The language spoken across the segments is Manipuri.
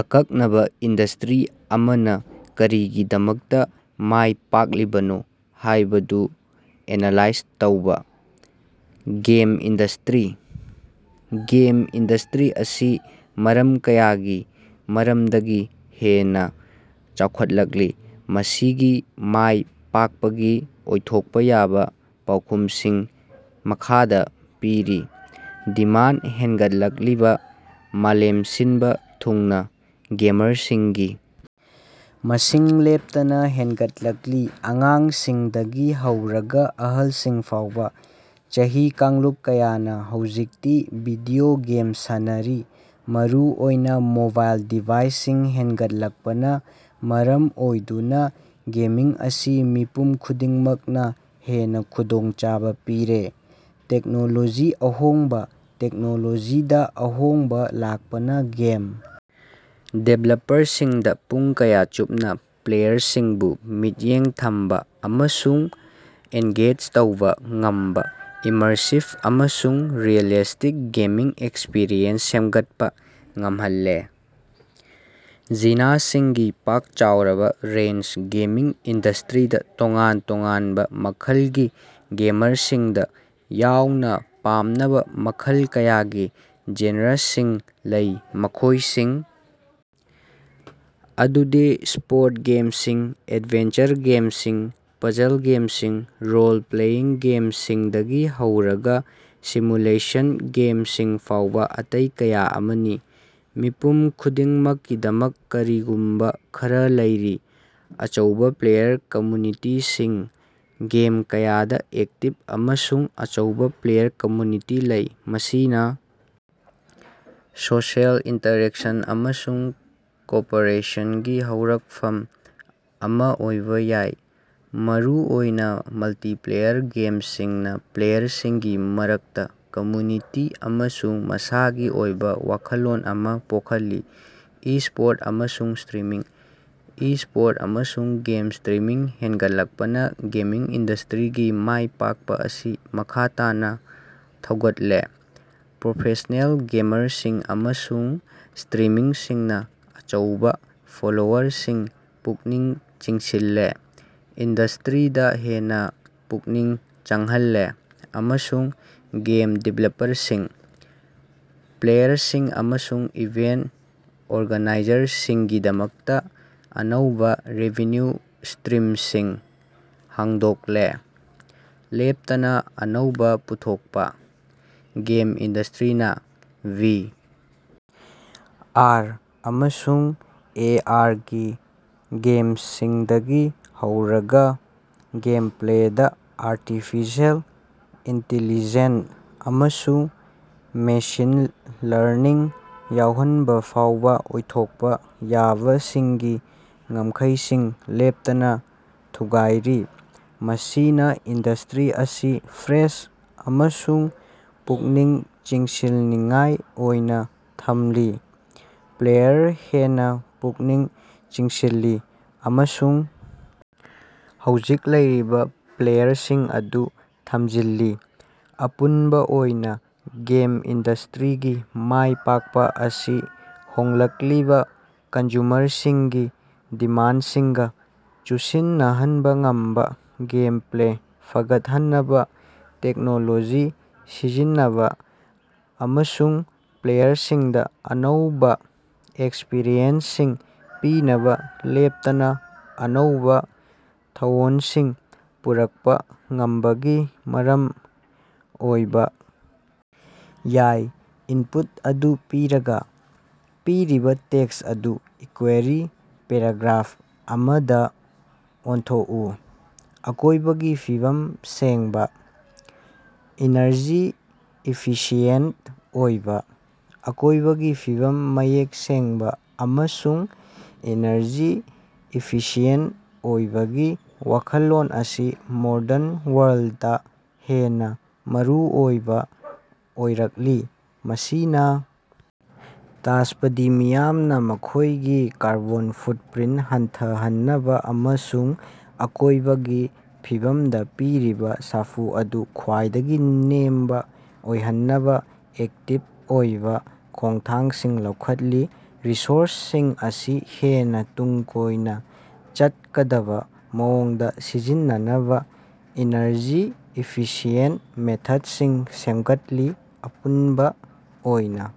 ꯑꯀꯛꯅꯕ ꯏꯟꯗꯁꯇꯔꯤ ꯑꯃꯅ ꯀꯔꯤꯒꯤꯗꯃꯛꯇ ꯃꯥꯏ ꯄꯥꯛꯂꯤꯕꯅꯣ ꯍꯥꯏꯕꯗꯨ ꯑꯦꯅꯥꯂꯥꯏꯖ ꯇꯧꯕꯥ꯫ Game industry. ꯒꯦꯝ ꯏꯟꯗꯁꯇꯔꯤ ꯑꯁꯤ ꯃꯔꯝ ꯀꯌꯥꯒꯤ ꯃꯔꯝꯗꯒꯤ ꯍꯦꯟꯅꯥ ꯆꯥꯎꯈꯠꯂꯛꯂꯤ꯫ ꯃꯁꯤꯒꯤ ꯃꯥꯏ ꯄꯥꯛꯄꯒꯤ ꯑꯣꯏꯊꯣꯛꯄ ꯌꯥꯕꯥ ꯄꯥꯎꯈꯨꯝꯁꯤꯡ ꯃꯈꯥꯗ ꯄꯤꯔꯤ: ꯗꯤꯃꯥꯟꯗ ꯍꯦꯡꯒꯠꯂꯛꯂꯤꯕ: ꯃꯥꯂꯦꯝ ꯁꯤꯟꯕ ꯊꯨꯡꯅ ꯒꯦꯃꯔꯁꯤꯡꯒꯤ ꯃꯁꯤꯡ ꯂꯦꯞꯇꯅꯥ ꯍꯦꯡꯒꯠꯂꯛꯂꯤ꯫ ꯑꯉꯥꯡꯁꯤꯡꯗꯒꯤ ꯍꯧꯔꯒꯥ ꯑꯍꯜꯁꯤꯡ ꯐꯥꯎꯕꯥ, ꯆꯍꯤ ꯀꯥꯡꯂꯨꯞ ꯀꯌꯥꯅꯥ ꯍꯧꯖꯤꯛꯇꯤ ꯚꯤꯗꯤꯑꯣ ꯒꯦꯝ ꯁꯥꯟꯅꯔꯤ, ꯃꯔꯨꯑꯣꯏꯅꯥ ꯃꯣꯕꯥꯏꯜ ꯗꯤꯚꯥꯏꯁꯁꯤꯡ ꯍꯦꯡꯒꯠꯂꯛꯄꯅꯥ ꯃꯔꯝ ꯑꯣꯏꯗꯨꯅꯥ ꯒꯦꯃꯤꯡ ꯑꯁꯤ ꯃꯤꯄꯨꯝ ꯈꯨꯗꯤꯡꯃꯛꯅꯥ ꯍꯦꯟꯅꯥ ꯈꯨꯗꯣꯡꯆꯥꯕꯥ ꯄꯤꯔꯦ꯫ ꯇꯦꯛꯅꯣꯂꯣꯖꯤꯒꯤ ꯑꯍꯣꯡꯕꯥ: ꯇꯦꯛꯅꯣꯂꯣꯖꯤꯗꯥ ꯑꯍꯣꯡꯕꯥ ꯂꯥꯛꯄꯅ ꯒꯦꯝ ꯗꯤꯕꯦꯂꯄꯔꯁꯤꯡꯗꯥ ꯄꯨꯡ ꯀꯌꯥ ꯆꯨꯞꯅ ꯄ꯭ꯂꯦꯌꯔꯁꯤꯡꯕꯨ ꯃꯤꯠꯌꯦꯡ ꯊꯝꯕꯥ ꯑꯃꯁꯨꯡ ꯑꯦꯡꯒꯦꯖ ꯇꯧꯕꯥ ꯉꯝꯕꯥ ꯏꯃꯔꯁꯤꯕ ꯑꯃꯁꯨꯡ ꯔꯤꯑꯦꯂꯤꯁꯇꯤꯛ ꯒꯦꯃꯤꯡ ꯑꯦꯛꯁꯄꯔꯤꯌꯦꯟꯁꯁꯤꯡ ꯁꯦꯝꯒꯠꯄ ꯉꯝꯍꯜꯂꯦ꯫ ꯖꯤꯅꯁꯤꯡꯒꯤ ꯄꯥꯛ-ꯆꯥꯎꯔꯕꯥ ꯔꯦꯟꯖ: ꯒꯦꯃꯤꯡ ꯏꯟꯗꯁꯇꯔꯤꯗꯥ ꯇꯣꯉꯥꯟ-ꯇꯣꯉꯥꯟꯕ ꯃꯈꯜꯒꯤ ꯒꯦꯃꯔꯁꯤꯡꯗ ꯌꯥꯎꯅ ꯄꯥꯝꯅꯕ ꯃꯈꯜ ꯀꯌꯥꯒꯤ ꯖꯦꯟꯔꯁꯤꯡ ꯂꯩ, ꯃꯈꯣꯏꯁꯤꯡ ꯑꯗꯨꯗꯤ ꯁ꯭ꯄꯣꯔꯠꯁ ꯒꯦꯝꯁꯤꯡ, ꯑꯦꯗꯚꯦꯟꯆꯔ ꯒꯦꯝꯁꯤꯡ, ꯄꯥꯖꯜ ꯒꯦꯝꯁꯤꯡ, ꯔꯣꯜ-ꯄ꯭ꯂꯦꯌꯤꯡ ꯒꯦꯝꯁꯤꯡꯗꯒꯤ ꯍꯧꯔꯒꯥ ꯁꯤꯃꯨꯂꯦꯁꯟ ꯒꯦꯝꯁꯤꯡ ꯐꯥꯎꯕꯥ, ꯑꯇꯦꯏ ꯀꯌꯥ ꯑꯃꯅꯤ꯫ ꯃꯤꯄꯨꯝ ꯈꯨꯗꯤꯡꯃꯛꯀꯤꯗꯃꯛ ꯀꯔꯤꯒꯨꯝꯕꯥ ꯈꯔꯥ ꯂꯩꯔꯤ꯫ ꯑꯆꯧꯕꯥ ꯄ꯭ꯂꯦꯌꯔ ꯀꯝꯃ꯭ꯌꯨꯅꯤꯇꯤꯁꯤꯡ: ꯒꯦꯝ ꯀꯌꯥꯗꯥ ꯑꯦꯛꯇꯤꯕ ꯑꯃꯁꯨꯡ ꯑꯆꯧꯕꯥ ꯄ꯭ꯂꯦꯌꯔ ꯀꯝꯃ꯭ꯌꯨꯅꯤꯇꯤ ꯂꯩ, ꯃꯁꯤꯅꯥ ꯁꯣꯁꯤꯑꯦꯜ ꯏꯟꯇꯔꯦꯛꯁꯟ ꯑꯃꯁꯨꯡ ꯀꯣꯑꯣꯄꯔꯦꯁꯟꯒꯤ ꯍꯧꯔꯛꯐꯝ ꯑꯃ ꯑꯣꯏꯕ ꯌꯥꯏ꯫ ꯃꯔꯨꯑꯣꯏꯅ ꯃꯜꯇꯤꯄꯂꯦꯌꯔ ꯒꯦꯝꯁꯤꯡꯅ ꯄ꯭ꯂꯦꯌꯔꯁꯤꯡꯒꯤ ꯃꯔꯛꯇꯥ ꯀꯝꯌꯨꯅꯤꯇꯤ ꯑꯃꯁꯨꯡ ꯃꯁꯥꯒꯤ ꯑꯣꯏꯕ ꯋꯥꯈꯜꯂꯣꯟ ꯑꯃ ꯄꯣꯈꯜꯂꯤ꯫ ꯏꯁ꯭ꯄꯣꯔꯠꯁ ꯑꯃꯁꯨꯡ ꯁ꯭ꯇꯔꯤꯃꯤꯡ: ꯏꯁ꯭ꯄꯣꯔꯠꯁ ꯑꯃꯁꯨꯡ ꯒꯦꯝ ꯁ꯭ꯇꯔꯤꯃꯤꯡ ꯍꯦꯡꯒꯠꯂꯛꯄꯅꯥ ꯒꯦꯃꯤꯡ ꯏꯟꯗꯁꯇꯔꯤꯒꯤ ꯃꯥꯏꯄꯥꯛꯄ ꯑꯁꯤ ꯃꯈꯥ ꯇꯥꯅ ꯊꯧꯒꯠꯂꯦ꯫ ꯄ꯭ꯔꯣꯐꯦꯁ꯭ꯅꯦꯜ ꯒꯦꯃꯔꯁꯤꯡ ꯑꯃꯁꯨꯡ ꯁꯇꯔꯤꯃꯔꯁꯤꯡꯅ ꯑꯆꯧꯕ ꯐꯣꯂꯣꯋꯔꯁꯤꯡ ꯄꯨꯛꯅꯤꯡ ꯆꯤꯡꯁꯤꯜꯂꯦ, ꯏꯟꯗꯁꯇꯔꯤꯗ ꯍꯦꯟꯅ ꯄꯨꯛꯅꯤꯡ ꯆꯪꯍꯜꯂꯦ ꯑꯃꯁꯨꯡ ꯒꯦꯝ ꯗꯤꯕꯦꯂꯄꯔꯁꯤꯡ, ꯄ꯭ꯂꯦꯌꯔꯁꯤꯡ ꯑꯃꯁꯨꯡ ꯏꯚꯦꯟꯠ ꯑꯣꯔꯒꯅꯥꯏꯖꯔꯁꯤꯡꯒꯤꯗꯃꯛꯇ ꯑꯅꯧꯕ ꯔꯦꯚꯤꯟꯌꯨ ꯁ꯭ꯇꯔꯤꯝꯁꯤꯡ ꯍꯥꯡꯗꯣꯛꯂꯦ꯫ ꯂꯦꯞꯇꯅꯥ ꯑꯅꯧꯕꯥ ꯄꯨꯊꯣꯛꯄꯥ: ꯒꯦꯝ ꯏꯟꯗꯁꯇꯔꯤꯅꯥ ꯚꯤ. ꯑꯥꯔ. ꯑꯃꯁꯨꯡ ꯑꯦ. ꯑꯥꯔ. ꯒꯤ ꯒꯦꯝꯁꯤꯡꯗꯒꯤ ꯍꯧꯔꯒꯥ ꯒꯦꯝꯄꯂꯦꯗꯥ ꯑꯥꯔꯇꯤꯐꯤꯁꯤꯑꯦꯜ ꯏꯟꯇꯦꯂꯤꯖꯦꯟꯁ ꯑꯃꯁꯨꯡ ꯃꯦꯁꯤꯟ ꯂꯔꯅꯤꯡ ꯌꯥꯎꯍꯟꯕꯐꯥꯎꯕꯥ ꯑꯣꯏꯊꯣꯛꯄ ꯌꯥꯕꯁꯤꯡꯒꯤ ꯉꯝꯈꯩꯁꯤꯡ ꯂꯦꯞꯇꯅ ꯊꯨꯒꯥꯏꯔꯤ꯫ ꯃꯁꯤꯅꯥ ꯏꯟꯗꯁꯇꯔꯤ ꯑꯁꯤ ꯐ꯭ꯔꯦꯁ ꯑꯃꯁꯨꯡ ꯄꯨꯛꯅꯤꯡ ꯆꯤꯡꯁꯤꯟꯅꯤꯡꯉꯥꯏ ꯑꯣꯏꯅꯥ ꯊꯝꯂꯤ, ꯄ꯭ꯂꯦꯌꯔ ꯍꯦꯟꯅꯥ ꯄꯨꯛꯅꯤꯡ ꯆꯤꯡꯁꯤꯜꯂꯤ, ꯑꯃꯁꯨꯡ ꯍꯧꯖꯤꯛ ꯂꯩꯔꯤꯕ ꯄ꯭ꯂꯦꯌꯔꯁꯤꯡ ꯑꯗꯨ ꯊꯝꯖꯤꯜꯂꯤ꯫ ꯑꯄꯨꯟꯕ ꯑꯣꯏꯅ ꯒꯦꯝ ꯏꯟꯗꯁꯇꯔꯤꯒꯤ ꯃꯥꯏ ꯄꯥꯛꯄ ꯑꯁꯤ ꯍꯣꯡꯂꯛꯂꯤꯕ ꯀꯟꯖꯨꯃꯔꯁꯤꯡꯒꯤ ꯗꯤꯃꯥꯟꯗꯁꯤꯡꯒ ꯆꯨꯁꯤꯟꯅꯍꯟꯕ ꯉꯝꯕ, ꯒꯦꯝꯄ꯭ꯂꯦ ꯐꯒꯠꯍꯟꯅꯕ ꯇꯦꯛꯅꯣꯂꯣꯖꯤ ꯁꯤꯖꯤꯟꯅꯕ, ꯑꯃꯁꯨꯡ ꯄ꯭ꯂꯦꯌꯔꯁꯤꯡꯗꯥ ꯑꯅꯧꯕ ꯑꯦꯛꯁꯄꯔꯤꯌꯦꯟꯁꯁꯤꯡ ꯄꯤꯅꯕ ꯂꯦꯞꯇꯅ ꯑꯅꯧꯕ ꯊꯧꯑꯣꯡꯁꯤꯡ ꯄꯨꯔꯛꯄ ꯉꯝꯕꯒꯤ ꯃꯔꯝ ꯑꯣꯏꯕꯥ ꯌꯥꯏ꯫ ꯏꯟꯄꯨꯠ ꯑꯗꯨ ꯄꯤꯔꯒ, ꯄꯤꯔꯤꯕ ꯇꯦꯛꯁ ꯑꯗꯨ ꯀ꯭ꯋꯦꯔꯤ ꯄꯦꯔꯥꯒ꯭ꯔꯥꯐ ꯑꯃꯗ ꯑꯣꯟꯊꯣꯛꯎ꯫ ꯑꯀꯣꯏꯕꯒꯤ ꯐꯤꯕꯝ ꯁꯦꯡꯕ, ꯏꯅꯔꯖꯤ ꯏꯐꯤꯁꯤꯌꯦꯟꯠ ꯑꯣꯏꯕ꯫ ꯑꯀꯣꯏꯕꯒꯤ ꯐꯤꯕꯝ ꯃꯌꯦꯛ ꯁꯦꯡꯕ ꯑꯃꯁꯨꯡ ꯏꯅꯔꯖꯤ ꯏꯐꯤꯁꯤꯌꯦꯟꯠ ꯑꯣꯏꯕꯒꯤ ꯋꯥꯈꯜꯂꯣꯟ ꯑꯁꯤ ꯃꯣꯗꯔꯟ ꯋꯥꯔꯜꯗꯇ ꯍꯦꯟꯅ ꯃꯔꯨꯑꯣꯏꯕ ꯑꯣꯏꯔꯛꯂꯤ꯫ ꯃꯁꯤꯅ ꯇꯥꯖꯄꯗꯤ ꯃꯤꯌꯥꯝꯅꯥ ꯃꯈꯣꯏꯒꯤ ꯀꯥꯔꯕꯣꯟ ꯐꯨꯠꯄ꯭ꯔꯤꯟꯠ ꯍꯟꯊꯍꯟꯅꯕ ꯑꯃꯁꯨꯡ ꯑꯀꯣꯏꯕꯒꯤ ꯐꯤꯕꯝꯗ ꯄꯤꯔꯤꯕꯥ ꯁꯥꯐꯨ ꯑꯗꯨ ꯈ꯭ꯋꯥꯏꯗꯒꯤ ꯅꯦꯝꯕ ꯑꯣꯏꯍꯟꯅꯕ ꯑꯦꯛꯇꯤꯕ ꯑꯣꯏꯕꯥ ꯈꯣꯡꯊꯥꯡꯁꯤꯡ ꯂꯧꯈꯠꯂꯤ꯫ ꯔꯤꯁꯣꯔꯁꯁꯤꯡ ꯑꯁꯤ ꯍꯦꯟꯅ ꯇꯨꯡ ꯀꯣꯏꯅꯥ ꯆꯠꯀꯗꯕ ꯃꯑꯣꯡꯗ ꯁꯤꯖꯤꯟꯅꯅꯕꯥ ꯏꯅꯔꯖꯤ ꯏꯐꯤꯁꯤꯌꯦꯟꯇ ꯃꯦꯊꯗꯁꯤꯡ ꯁꯦꯝꯒꯠꯂꯤ꯫ ꯑꯄꯨꯟꯕꯥ ꯑꯣꯏꯅꯥ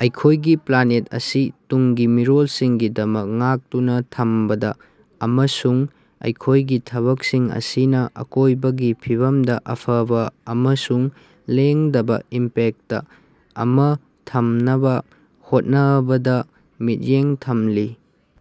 ꯑꯩꯈꯣꯏꯒꯤ ꯄ꯭ꯂꯥꯅꯦꯠ ꯑꯁꯤ ꯇꯨꯡꯒꯤ ꯃꯤꯔꯣꯜꯁꯤꯡꯒꯤꯗꯃꯛ ꯉꯥꯛꯇꯨꯅꯥ ꯊꯝꯕꯗꯥ ꯑꯃꯁꯨꯡ ꯑꯩꯈꯣꯌꯒꯤ ꯊꯕꯛꯁꯤꯡ ꯑꯁꯤꯅ ꯑꯀꯣꯏꯕꯒꯤ ꯐꯤꯕꯝꯗꯥ ꯑꯐꯕ ꯑꯃꯁꯨꯡ ꯂꯦꯡꯗꯕꯥ ꯏꯝꯄꯦꯛꯇ ꯑꯃꯥ ꯊꯝꯅꯕꯥ ꯍꯣꯠꯅꯕꯗ ꯃꯤꯠꯌꯦꯡ ꯊꯝꯂꯤ꯫